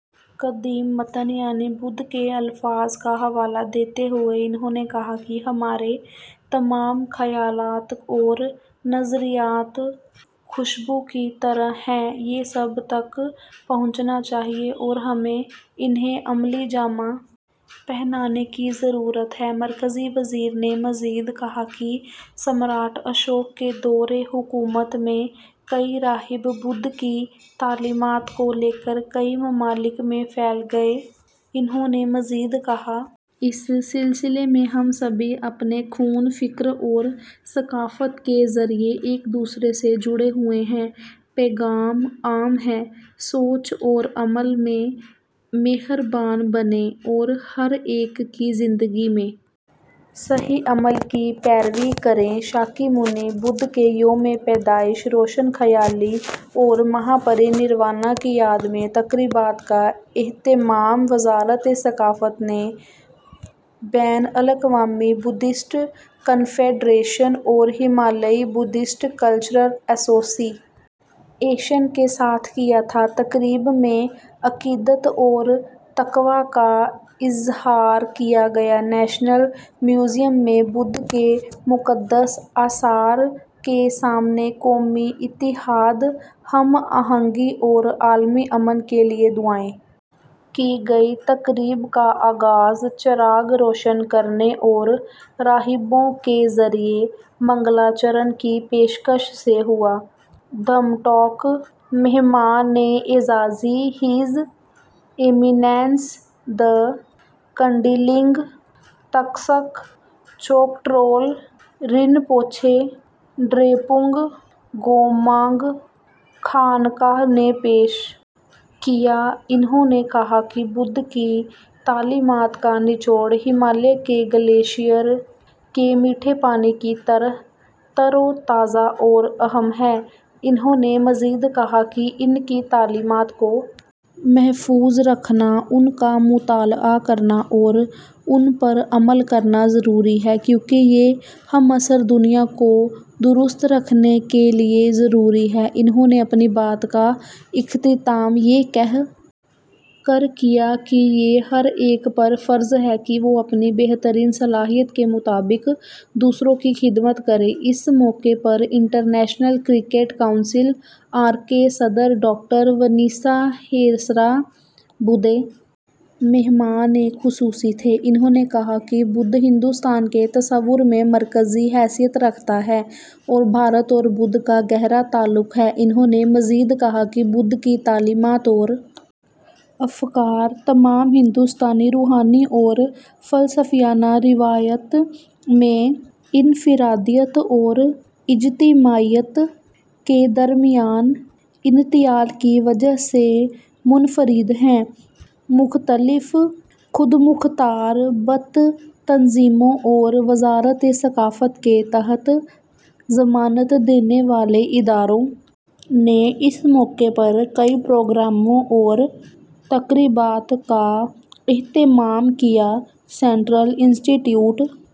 قدیم متن یعنی بدھ کے الفاظ کا حوالہ دیتے ہوئے انہوں نے کہا کہ ہمارے تمام خیالات اور نظریات خوشبو کی طرح ہیں یہ سب تک پہنچنے چاہئیں اور ہمیں انہیں عملی جامہ پہنانے کی ضرورت ہے مرکزی وزیر نے مزید کہا کہ سمراٹ اشوک کے دور حکومت میں کئی راہب بدھ کی تعلیمات کو لے کر کئی ممالک میں پھیل گئے انہوں نے مزید کہا اس سلسلے میں ہم سبھی اپنے خون فکر اور ثقافت کے ذریعہ ایک دوسرے سے جڑے ہوئے ہیں پیغام عام ہے سوچ اور عمل میں مہربان بنیں اور ہر ایک کی زندگی میں صحیح عمل کی پیروی کریں شاکیمونی بدھ کے یوم پیدائش روشن خیالی اور مہاپری نروانا کی یاد میں تقریبات کا اہتمام وزارت ثقافت نے بین الاقوامی بدھسٹ کنفیڈریشن اور ہمالیائی بدھسٹ کلچرل ایسوسی ایشن کے ساتھ کیا تھا تقریب میں عقیدت اور تقویٰ کا اظہار کیا گیا نیشنل میوزیم میں بدھا کے مقدس آثار کے سامنے قومی اتحاد ہم آہنگی اور عالمی امن کے لیے دعائیں کی گئیں تقریب کا آغاز چراغ روشن کرنے اور راہبوں کے ذریعہ منگلاچرن کی پیشکش سے ہوا دھما ٹاک مہمان اعزازی His Eminence the Kundeling Taktsak Choktrul Rinpoche Drepung Gomang خانقاہ نے پیش کیا انہوں نے کہا کہ بدھ کی تعلیمات کا نچوڑ ہمالیہ کے گلیشیئر کے میٹھے پانی کی طرح تر و تازہ اور اہم ہے انہوں نے مزید کہا کہ ان کی تعلیمات کو محفوظ رکھنا ان کا مطالعہ کرنا اور ان پر عمل کرنا ضروری ہے کیونکہ یہ ہم عصر دنیا کو درست رکھنے کے لیے ضروری ہے انہوں نے اپنی بات کا اختتام یہ کہہ کر کیا کہ یہ ہر ایک پر فرض ہے کہ وہ اپنی بہترین صلاحیت کے مطابق دوسروں کی خدمت کرے اس موقع پر آئی سی سی آر کے صدر ڈاکٹر ونے سہسرا بدھے مہمان خصوصی تھے انہوں نے کہا کہ بدھ ہندوستان کے تصور میں مرکزی حیثیت رکھتا ہے اور بھارت اور بدھ کا گہرا تعلق ہے انہوں نے مزید کہا کہ بدھ کی تعلیمات اور افکار تمام ہندوستانی روحانی اور فلسفیانہ روایات میں انفرادیت اور اجتماعیت کے درمیان تعامل کی وجہ سے منفرد ہیں مختلف خود مختار بدھ تنظیموں اور وزارت ثقافت کے تحت ضمانت دینے والے اداروں نے اس موقع پر کئی پروگراموں اور تقریبات کا اہتمام کیا سینٹرل انسٹی ٹیوٹ